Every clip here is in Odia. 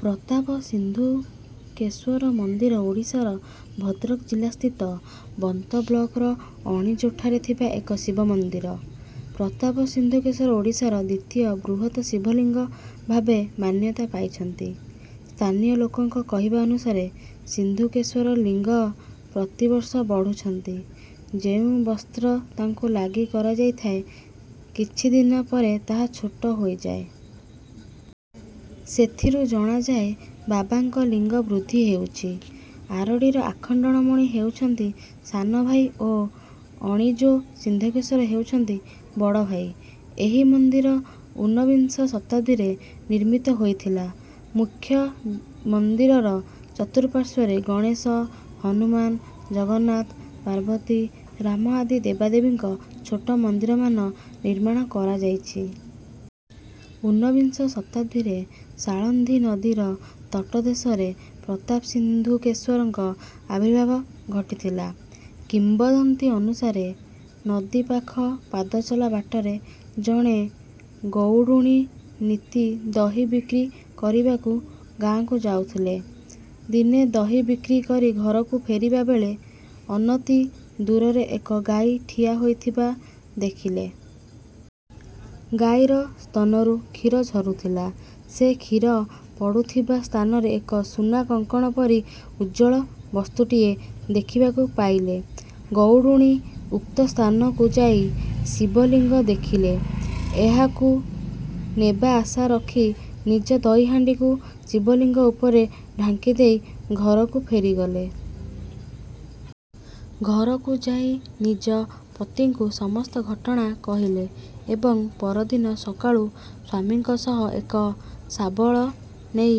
ପ୍ରତାପ ସିନ୍ଧୁକେଶ୍ୱର ମନ୍ଦିର ଓଡ଼ିଶାର ଭଦ୍ରକ ଜିଲ୍ଲାସ୍ଥିତ ବନ୍ତ ବ୍ଲକର ଅଣିଜୋଠାରେ ଥିବା ଏକ ଶିବ ମନ୍ଦିର। ପ୍ରତାପ ସିନ୍ଧୁକେଶ୍ୱର ଓଡ଼ିଶାର ଦ୍ୱିତୀୟ ବୃହତ ଶିବଲିଙ୍ଗ ଭାବେ ମାନ୍ୟତା ପାଇଛନ୍ତି। ସ୍ଥାନୀୟ ଲୋକଙ୍କ କହିବା ଅନୁସାରେ ସିନ୍ଧୁକେଶ୍ୱରଙ୍କ ଲିଙ୍ଗ ପ୍ରତିବର୍ଷ ବଢୁଛନ୍ତି। ଯେଉଁ ବସ୍ତ୍ର ତାଙ୍କୁ ଲାଗି କରାଯାଇଥାଏ, କିଛି ଦିନ ପରେ ତାହା ଛୋଟ ହୋଇଯାଏ। ସେଥିରୁ ଜଣାଯାଏ ବାବାଙ୍କ ଲିଙ୍ଗ ବୃଦ୍ଧି ହେଉଛି। ଆରଡ଼ିର ଆଖଣ୍ଡଳମଣି ହେଉଛନ୍ତି ସାନଭାଇ ଓ ଅଣିଜୋ ସିନ୍ଧୁକେଶ୍ୱର ହେଉଛନ୍ତି ବଡ଼ଭାଇ। ଏହି ମନ୍ଦିର ଉନବିଂଶ ଶତାବ୍ଦୀରେ ନିର୍ମିତ ହୋଇଥିଲା। ମୁଖ୍ୟ ମନ୍ଦିରର ଚତୁଃପାର୍ଶ୍ୱରେ ଗଣେଶ, ହନୁମାନ, ଜଗନ୍ନାଥ, ପାର୍ବତୀ, ରାମ ଆଦି ଦେବଦେବୀଙ୍କ ଛୋଟ ମନ୍ଦିରମାନ ନିର୍ମାଣ କରାଯାଇଛି। ଉନବିଂଶ ଶତାବ୍ଦୀରେ ସାଳନ୍ଦୀ ନଦୀର ତଟଦେଶରେ ପ୍ରତାପ ସିନ୍ଧୁକେଶ୍ୱରଙ୍କ ଆବିର୍ଭାବ ଘଟିଥିଲା। କିମ୍ବଦନ୍ତୀ ଅନୁସାରେ, ନଦୀ ପାଖ ପାଦଚଲା ବାଟରେ ଜଣେ ଗଉଡ଼ୁଣୀ ନିତି ଦହି ବିକ୍ରି କରିବାକୁ ଗାଁକୁ ଯାଉଥିଲେ। ଦିନେ ଦହି ବିକ୍ରି କରି ଘରକୁ ଫେରିବା ବେଳେ ଅନତି ଦୂରରେ ଏକ ଗାଈ ଠିଆ ହୋଇଥିବା ଦେଖିଲେ। ଗାଈର ସ୍ତନରୁ କ୍ଷୀର ଝରୁଥିଲା। ସେ କ୍ଷୀର ପଡ଼ୁଥିବା ସ୍ଥାନରେ ଏକ ସୁନା କଙ୍କଣ ପରି ଉଜ୍ଜ୍ୱଳ ବସ୍ତୁଟିଏ ଦେଖିବାକୁ ପାଇଲେ। ଗଉଡ଼ୁଣୀ ଉକ୍ତ ସ୍ଥାନକୁ ଯାଇ ଶିବଲିଙ୍ଗ ଦେଖିଲେ। ଏହାକୁ ନେବା ଆଶା ରଖି ନିଜ ଦହି ହାଣ୍ଡିକୁ ଶିବଲିଙ୍ଗ ଉପରେ ଢାଙ୍କିଦେଇ ଘରକୁ ଫେରିଗଲେ। ଘରକୁ ଯାଇ ନିଜ ପତିଙ୍କୁ ସମସ୍ତ ଘଟଣା କହିଲେ ଏବଂ ପରଦିନ ସକାଳୁ ସ୍ୱାମୀଙ୍କ ସହ ଏକ ଶାବଳ ନେଇ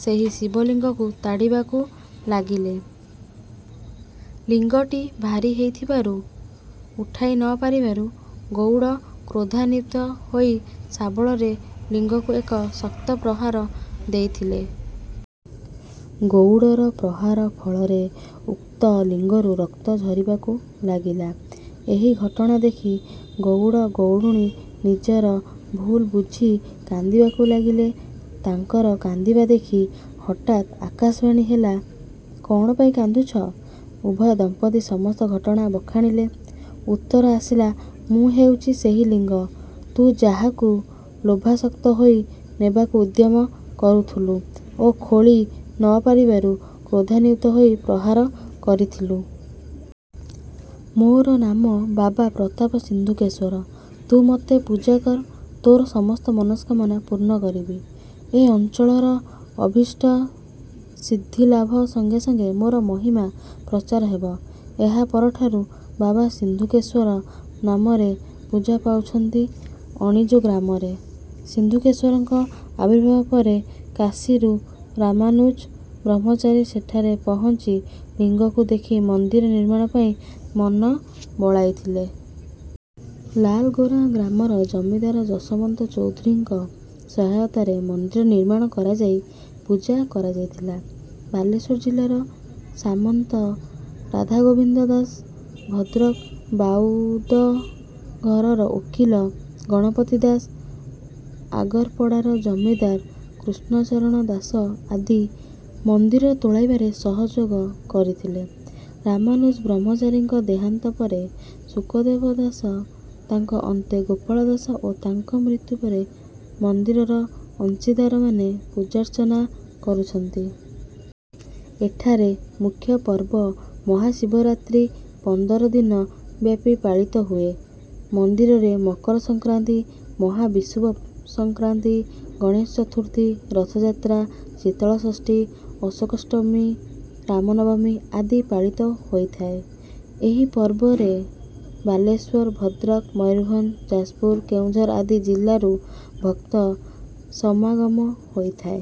ସେହି ଶିବଲିଙ୍ଗକୁ ତାଡ଼ିବାକୁ ଲାଗିଲେ। ଲିଙ୍ଗଟି ଭାରୀ ହୋଇଥିବାରୁ ଉଠାଇ ନ ପାରିବାରୁ ଗଉଡ଼ କ୍ରୋଧାନ୍ୱିତ ହୋଇ ଶାବଳରେ ଲିଙ୍ଗକୁ ଏକ ଶକ୍ତ ପ୍ରହାର ଦେଇଥିଲେ। ଗଉଡ଼ର ପ୍ରହାର ଫଳରେ ଉକ୍ତ ଲିଙ୍ଗରୁ ରକ୍ତ ଝରିବାକୁ ଲାଗିଲା। ଏହି ଘଟଣା ଦେଖି ଗଉଡ଼-ଗଉଡ଼ୁଣୀ ନିଜର ଭୁଲ ବୁଝି କାନ୍ଦିବାକୁ ଲାଗିଲେ। ତାଙ୍କର କାନ୍ଦିବା ଦେଖି ହଠାତ ଆକାଶବାଣୀ ହେଲା, କ'ଣ ପାଇଁ କାନ୍ଦୁଛ?। ଉଭୟ ଦମ୍ପତି ସମସ୍ତ ଘଟଣା ବଖାଣିଲେ। ଉତ୍ତର ଆସିଲା, "ମୁଁ ହେଉଛି ସେହି ଲିଙ୍ଗ, ତୁ ଯାହାକୁ ଲୋଭାସକ୍ତ ହୋଇ ନେବାକୁ ଉଦ୍ୟମ କରୁଥିଲୁ ଓ ଖୋଳି ନ ପାରିବାରୁ କ୍ରୋଧାନ୍ୱିତ ହୋଇ ପ୍ରହାର କରିଥିଲୁ। ମୋର ନାମ ବାବା ପ୍ରତାପ ସିନ୍ଧୁକେଶ୍ୱର। ତୁ ମୋତେ ପୂଜା କର, ତୋର ସମସ୍ତ ମନସ୍କାମନା ପୂର୍ଣ୍ଣ କରିବି। ଏ ଅଞ୍ଚଳର ଅଭୀଷ୍ଟ ସିଦ୍ଧିଲାଭ ସଙ୍ଗେ ସଙ୍ଗେ ମୋର ମହିମା ପ୍ରଚାର ହେବ। ଏହା ପରଠାରୁ ବାବା ସିନ୍ଧୁକେଶ୍ୱର ନାମରେ ପୂଜା ପାଉଛନ୍ତି ଅଣିଜୋ ଗ୍ରାମରେ। ସିନ୍ଧୁକେଶ୍ୱରଙ୍କ ଆବିର୍ଭାବ ପରେ କାଶୀରୁ ରାମାନୁଜ ବ୍ରହ୍ମଚାରୀ ସେଠାରେ ପହଞ୍ଚି ଲିଙ୍ଗକୁ ଦେଖି ମନ୍ଦିର ନିର୍ମାଣ ପାଇଁ ମନ ବଳାଇଥିଲେ। ଲାଲଗୋରା ଗ୍ରାମର ଜମିଦାର ଯଶୋବନ୍ତ ଚୌଧୁରୀଙ୍କ ସହାୟତାରେ ମନ୍ଦିର ନିର୍ମାଣ କରାଯାଇ ପୂଜା କରାଯାଇଥିଲା। ବାଲେଶ୍ୱର ଜିଲ୍ଲାର ସାମନ୍ତ ରାଧାଗୋବିନ୍ଦ ଦାସ, ଭଦ୍ରକ ବାଉଦଘରର ଓକିଲ ଗଣପତି ଦାସ, ଆଗରପଡ଼ାର ଜମିଦାର କୃଷ୍ଣ ଚରଣ ଦାସ ଆଦି ମନ୍ଦିର ତୋଳାଇବାରେ ସହଯୋଗ କରିଥିଲେ। ରାମାନୁଜ ବ୍ରହ୍ମଚାରୀଙ୍କ ଦେହାନ୍ତ ପରେ ଶୁକଦେବ ଦାସ, ତାଙ୍କ ଅନ୍ତେ ଗୋପାଳ ଦାସ ଓ ତାଙ୍କ ମୃତ୍ୟୁ ପରେ ମନ୍ଦିରର ଅଂଶୀଦାରମାନେ ପୂଜାର୍ଚ୍ଚନା କରୁଛନ୍ତି। ଏଠାରେ ମୁଖ୍ୟପର୍ବ ମହାଶିବରାତ୍ରି ପନ୍ଦର ଦିନ ବ୍ୟାପୀ ପାଳିତ ହୁଏ। ମନ୍ଦିରରେ ମକର ସଂକ୍ରାନ୍ତି, ମହାବିଷୁବ ସଂକ୍ରାନ୍ତି, ଗଣେଶ ଚତୁର୍ଥୀ, ରଥଯାତ୍ରା, ଶୀତଳ ଷଷ୍ଠୀ, ଅଶୋକାଷ୍ଟମୀ, ରାମ ନବମୀ ଆଦି ପାଳିତ ହୋଇଥାଏ। ଏହି ପର୍ବରେ ବାଲେଶ୍ୱର, ଭଦ୍ରକ, ମୟୂରଭଞ୍ଜ, ଯାଜପୁର, କେନ୍ଦୁଝର ଆଦି ଜିଲ୍ଲାରୁ ଭକ୍ତ ସମାଗମ ହୋଇଥାଏ।